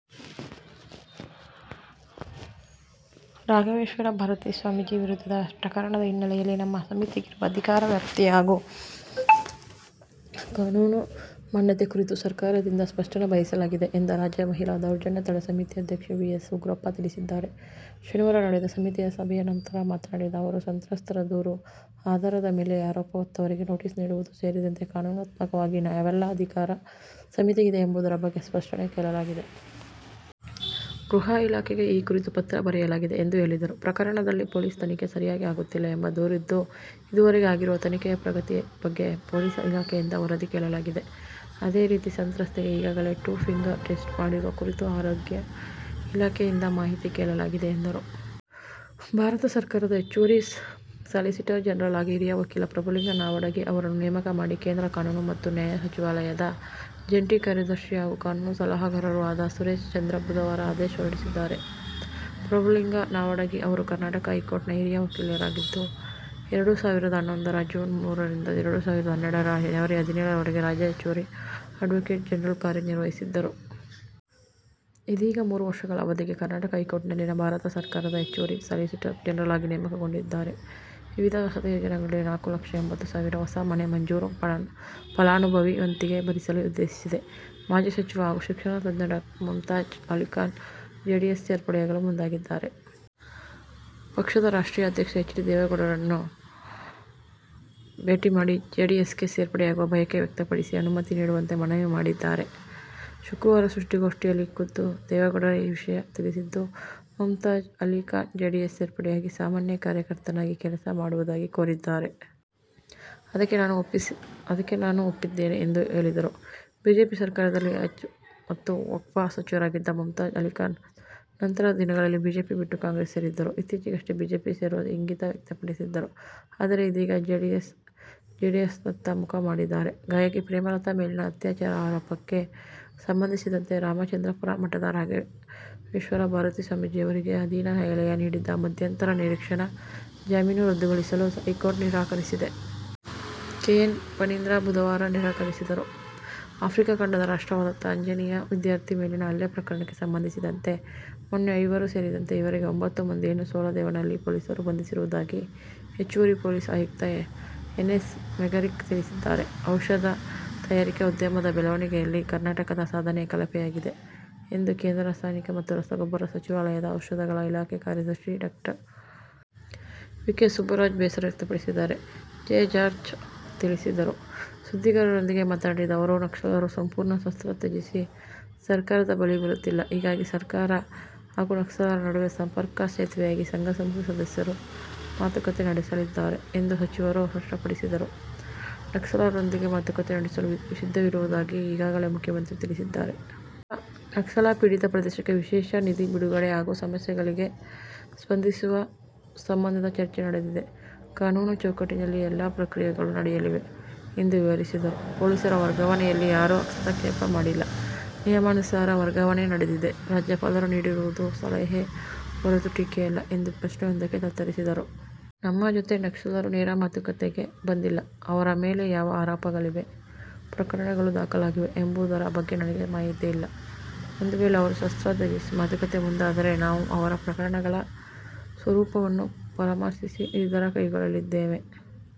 ರಾಘವೇಶ್ವರ ಭಾರತಿ ಸ್ವಾಮೀಜಿ ವಿರುದ್ಧದ ಪ್ರಕರಣದ ಹಿನ್ನೆಲೆಯಲ್ಲಿ ನಮ್ಮ ಸಮಿತಿಗಿರುವ ಅಧಿಕಾರ ವ್ಯಾಪ್ತಿ ಹಾಗೂ ಕಾನೂನು ಮಾನ್ಯತೆ ಕುರಿತು ಸರ್ಕಾರದಿಂದ ಸ್ಪಷ್ಟನೆ ಬಯಸಲಾಗಿದೆ ಎಂದು ರಾಜ್ಯ ಮಹಿಳಾ ದೌರ್ಜನ್ಯ ತಡೆ ಸಮಿತಿ ಅಧ್ಯಕ್ಷ ವಿ. ಎಸ್. ಉಗ್ರಪ್ಪ ತಿಳಿಸಿದ್ದಾರೆ. ಶನಿವಾರ ನಡೆದ ಸಮಿತಿಯ ಸಭೆಯ ನಂತರ ಮಾತನಾಡಿದ ಅವರು, ಸಂತ್ರಸ್ತರ ದೂರು ಆಧಾರದ ಮೇಲೆ ಆರೋಪ ಹೊತ್ತವರಿಗೆ ನೋಟಿಸ್ ನೀಡುವುದು ಸೇರಿದಂತೆ ಕಾನೂನಾತ್ಮಕವಾಗಿ ಯಾವೆಲ್ಲಾ ಅಧಿಕಾರ ಸಮಿತಿಗಿದೆ ಎಂಬುದರ ಬಗ್ಗೆ ಸ್ಪಷ್ಟನೆ ಕೇಳಲಾಗಿದೆ. ಗೃಹ ಇಲಾಖೆಗೆ ಈ ಕುರಿತು ಪತ್ರ ಬರೆಯಲಾಗಿದೆ ಎಂದು ಹೇಳಿದರು. ಪ್ರಕರಣದಲ್ಲಿ ಪೊಲೀಸ್ ತನಿಖೆ ಸರಿಯಾಗಿ ಆಗುತ್ತಿಲ್ಲ ಎಂಬ ದೂರಿದ್ದು, ಇದುವರೆಗೂ ಆಗಿರುವ ತನಿಖೆಯ ಪ್ರಗತಿ ಬಗ್ಗೆ ಪೊಲೀಸ್ ಇಲಾಖೆಯಿಂದ ವರದಿ ಕೇಳಲಾಗಿದೆ. ಅದೇ ರೀತಿ ಸಂತ್ರಸ್ತೆಗೆ ಈಗಾಗಲೇ "ಟೂ ಫಿಂಗರ್ ಟೆಸ್ಟ್' ಮಾಡಿರುವ ಕುರಿತು ಆರೋಗ್ಯ ಇಲಾಖೆಯಿಂದ ಮಾಹಿತಿ ಕೇಳಲಾಗಿದೆ ಎಂದರು. ಭಾರತ ಸರ್ಕಾರದ ಹೆಚ್ಚುವರಿ ಸಾಲಿಸಿಟರ್ ಜನರಲ್ ಆಗಿ ಹಿರಿಯ ವಕೀಲ ಪ್ರಭುಲಿಂಗ ನಾವಡಗಿ ಅವರನ್ನು ನೇಮಕ ಮಾಡಿ ಕೇಂದ್ರ ಕಾನೂನು ಮತ್ತು ನ್ಯಾಯ ಸಚಿವಾಲಯದ ಜಂಟಿ ಕಾರ್ಯದರ್ಶಿ ಹಾಗೂ ಕಾನೂನು ಸಲಹಾಗಾರರೂ ಆದ ಸುರೇಶ್ ಚಂದ್ರ ಬುಧವಾರ ಆದೇಶ ಹೊರಡಿಸಿದ್ದಾರೆ. ಪ್ರಭುಲಿಂಗ ನಾವಡಗಿ ಅವರು ಕರ್ನಾಟಕ ಹೈಕೋರ್ಟ್ನ ಹಿರಿಯ ವಕೀಲರಾಗಿದ್ದು, ಎರಡು ಸಾವಿರದ ಹನ್ನೊಂದರ ಜೂನ್ ಮೂರರಿಂದ ಎರಡು ಸಾವಿರದ ಹನ್ನೆರಡರ ಜನವರಿ ಹದಿನೇಳರವರೆಗೆ ರಾಜ್ಯ ಹೆಚ್ಚುವರಿ ಅಡ್ವೋಕೇಟ್ ಜನರಲ್ ಕಾರ್ಯ ನಿರ್ವಹಿಸಿದ್ದರು. ಇದೀಗ ಮೂರು ವರ್ಷಗಳ ಅವಧಿಗೆ ಕರ್ನಾಟಕ ಹೈಕೋರ್ಟ್ನಲ್ಲಿನ ಭಾರತ ಸರ್ಕಾರದ ಹೆಚ್ಚುವರಿ ಸಾಲಿಸಿಟರ್ ಜನರಲ್ ಆಗಿ ನೇಮಕಗೊಂಡಿದ್ದಾರೆ. ವಿವಿಧ ವಸತಿ ಯೋಜನೆಗಳಡಿ ನಾಲ್ಕುಲಕ್ಷ ಎಂಬತ್ತು ಸಾವಿರ ಹೊಸ ಮನೆ ಮಂಜೂರು. ಫಲಾನುಭವಿ ವಂತಿಗೆ ಭರಿಸಲು ಉದ್ದೇಶಿಸಿದೆ. ಮಾಜಿ ಸಚಿವ ಹಾಗೂ ಶಿಕ್ಷಣ ತಜ್ಞ ಡಾ ಮುಮ್ತಾಜ್ ಅಲಿಖಾನ್ ಜೆಡಿಎಸ್ ಸೇರ್ಪಡೆಯಾಗಲು ಮುಂದಾಗಿದ್ದಾರೆ. ಪಕ್ಷದ ರಾಷ್ಟ್ರೀಯ ಅಧ್ಯಕ್ಷ ಎಚ್. ಡಿ. ದೇವೇಗೌಡರನ್ನು ಭೇಟಿ ಮಾಡಿ ಜೆಡಿಎಸ್ಗೆ ಸೇರ್ಪಡೆಯಾಗುವ ಬಯಕೆ ವ್ಯಕ್ತಪಡಿಸಿ ಅನುಮತಿ ನೀಡುವಂತೆ ಮನವಿ ಮಾಡಿದ್ದಾರೆ. ಶುಕ್ರವಾರ ಸುದ್ದಿಗೋಷ್ಠಿಯಲ್ಲಿ ಖುದ್ದು ದೇವೇಗೌಡರೇ ಈ ವಿಷಯ ತಿಳಿಸಿದ್ದು, "ಮುಮ್ತಾಜ್ ಅಲಿ ಖಾನ್ ಜೆಡಿಎಸ್ ಸೇರ್ಪಡೆಯಾಗಿ ಸಾಮಾನ್ಯ ಕಾರ್ಯಕರ್ತನಾಗಿ ಕೆಲಸ ಮಾಡುವುದಾಗಿ ಕೋರಿದ್ದಾರೆ. ಅದಕ್ಕೆ ನಾನು ಒಪ್ಪಿದ್ದೇನೆ' ಎಂದು ಹೇಳಿದರು. ಬಿಜೆಪಿ ಸರ್ಕಾರದಲ್ಲಿ ಹಜ್ ಮತ್ತು ವಕ್ಫ್ ಸಚಿವರಾಗಿದ್ದ ಮುಮ್ತಾಜ್ ಅಲಿಖಾನ್ ನಂತರದ ದಿನಗಳಲ್ಲಿ ಬಿಜೆಪಿ ಬಿಟ್ಟು ಕಾಂಗ್ರೆಸ್ ಸೇರಿದ್ದರು. ಇತ್ತೀಚೆಗಷ್ಟೇ ಬಿಜೆಪಿ ಸೇರುವ ಇಂಗಿತ ವ್ಯಕ್ತಪಡಿಸಿದ್ದರು. ಆದರೆ, ಇದೀಗ ಜೆಡಿಎಸ್ನತ್ತ ಮುಖ ಮಾಡಿದ್ದಾರೆ. ಗಾಯಕಿ ಪ್ರೇಮಲತಾ ಮೇಲಿನ ಅತ್ಯಾಚಾರ ಆರೋಪಕ್ಕೆ ಸಂಬಂಧಿಸಿದಂತೆ ರಾಮಚಂದ್ರಪುರ ಮಠದ ರಾಘವೇಶ್ವರ ಭಾರತಿ ಸ್ವಾಮೀಜಿಯವರಿಗೆ ಅಧೀನ ನ್ಯಾಯಾಲಯ ನೀಡಿದ್ದ ಮಧ್ಯಂತರ ನಿರೀಕ್ಷಣಾ ಜಾಮೀನು ರದ್ದುಗೊಳಿಸಲು ಹೈಕೋರ್ಟ್ ನಿರಾಕರಿಸಿದೆ. ಕೆ. ಎನ್. ಫಣೀಂದ್ರ ಬುಧವಾರ ನಿರಾಕರಿಸಿದರು. ಆಫ್ರಿಕಾ ಖಂಡದ ರಾಷ್ಟ್ರವಾದ ತಾಂಜೇನಿಯಾ ವಿದ್ಯಾರ್ಥಿ ಮೇಲಿನ ಹಲ್ಲೆ ಪ್ರಕರಣಕ್ಕೆ ಸಂಬಂಧಿಸಿದಂತೆ ಮೊನ್ನೆ ಐವರು ಸೇರಿದಂತೆ ಈವರೆಗೆ ಒಂಬತ್ತು ಮಂದಿಯನ್ನು ಸೋಲದೇವನಹಳ್ಳಿ ಪೊಲೀಸರು ಬಂಧಿಸಿರುವುದಾಗಿ ಹೆಚ್ಚುವರಿ ಪೊಲೀಸ್ ಆಯುಕ್ತ ಎನ್ ಎಸ್ ಮೇಘರಿಕ್ ತಿಳಿಸಿದ್ದಾರೆ. ಔಷಧ ತಯಾರಿಕೆ ಉದ್ಯಮದ ಬೆಳವಣಿಗೆಯಲ್ಲಿ ಕರ್ನಾಟಕದ ಸಾಧನೆ ಕಳಪೆಯಾಗಿದೆ ಎಂದು ಕೇಂದ್ರ ರಾಸಾಯನಿಕ ಮತ್ತು ರಸಗೊಬ್ಬರ ಸಚಿವಾಲಯದ ಔಷಧಗಳ ಇಲಾಖೆ ಕಾರ್ಯದರ್ಶಿ ಡಾಕ್ಟರ್. ವಿ. ಕೆ. ಸುಬ್ಬರಾಜ್ ಬೇಸರ ವ್ಯಕ್ತಪಡಿಸಿದ್ದಾರೆ. ಜೆ. ಜಾರ್ಜ್ ತಿಳಿಸಿದರು. ಸುದ್ದಿಗಾರರೊಂದಿಗೆ ಮಾತನಾಡಿದ ಅವರು, ನಕ್ಸಲರು ಸಂಪೂರ್ಣ ಶಸ್ತ್ರ ತ್ಯಜಿಸಿ ಸರ್ಕಾರದ ಬಳಿ ಬರುತ್ತಿಲ್ಲ. ಹೀಗಾಗಿ ಸರ್ಕಾರ ಹಾಗೂ ನಕ್ಸಲರ ನಡುವೆ ಸಂಪರ್ಕ ಸೇತುವೆಯಾಗಿ ಸಂಘ-ಸಂಸ್ಥೆ ಸದಸ್ಯರು ಮಾತುಕತೆ ನಡೆಸಲಿದ್ದಾರೆ ಎಂದು ಸಚಿವರು ಸ್ಪಷ್ಟಪಡಿಸಿದರು. ನಕ್ಸಲರೊಂದಿಗೆ ಮಾತುಕತೆ ನಡೆಸಲು ಸಿದ್ಧವಿರುವುದಾಗಿ ಈಗಾಗಲೇ ಮುಖ್ಯಮಂತ್ರಿ ತಿಳಿಸಿದ್ದಾರೆ. ನಕ್ಸಲ ಪೀಡಿತ ಪ್ರದೇಶಕ್ಕೆ ವಿಶೇಷ ನಿಧಿ ಬಿಡುಗಡೆ ಹಾಗೂ ಸಮಸ್ಯೆಗಳಿಗೆ ಸ್ಪಂದಿಸುವ ಸಂಬಂಧದ ಚರ್ಚೆ ನಡೆದಿದೆ. ಕಾನೂನು ಚೌಕಟ್ಟಿನಲ್ಲಿಯೇ ಎಲ್ಲ ಪ್ರಕ್ರಿಯೆಗಳು ನಡೆಯಲಿವೆ ಎಂದು ವಿವರಿಸಿದರು. ಪೊಲೀಸರ ವರ್ಗಾವಣೆಯಲ್ಲಿ ಯಾರೂ ಹಸ್ತಕ್ಷೇಪ ಮಾಡಿಲ್ಲ. ನಿಯಮಾನುಸಾರ ವರ್ಗಾವಣೆ ನಡೆದಿದೆ. ರಾಜ್ಯಪಾಲರು ನೀಡಿರುವುದು ಸಲಹೆಯೇ ಹೊರತು ಟೀಕೆಯಲ್ಲ ಎಂದು ಪ್ರಶ್ನೆಯೊಂದಕ್ಕೆ ಉತ್ತರಿಸಿದರು. ನಮ್ಮ ಜೊತೆ ನಕ್ಸಲರು ನೇರ ಮಾತುಕತೆಗೆ ಬಂದಿಲ್ಲ, ಅವರ ಮೇಲೆ ಯಾವ ಆರೋಪಗಳಿವೆ, ಪ್ರಕರಣಗಳು ದಾಖಲಾಗಿವೆ ಎಂಬುದರ ಬಗ್ಗೆ ನನಗೆ ಮಾಹಿತಿ ಇಲ್ಲ, ಒಂದು ವೇಳೆ ಅವರು ಶಸ್ತ್ರ ತ್ಯಜಿಸಿ ಮಾತುಕತೆ ಮುಂದಾದರೆ ನಾವು ಅವರ ಪ್ರಕರಣಗಳ ಸ್ವರೂಪವನ್ನು ಪರಾಮರ್ಶಿಸಿ ನಿರ್ಧಾರ ಕೈಗೊಳ್ಳಲಿದ್ದೇವೆ.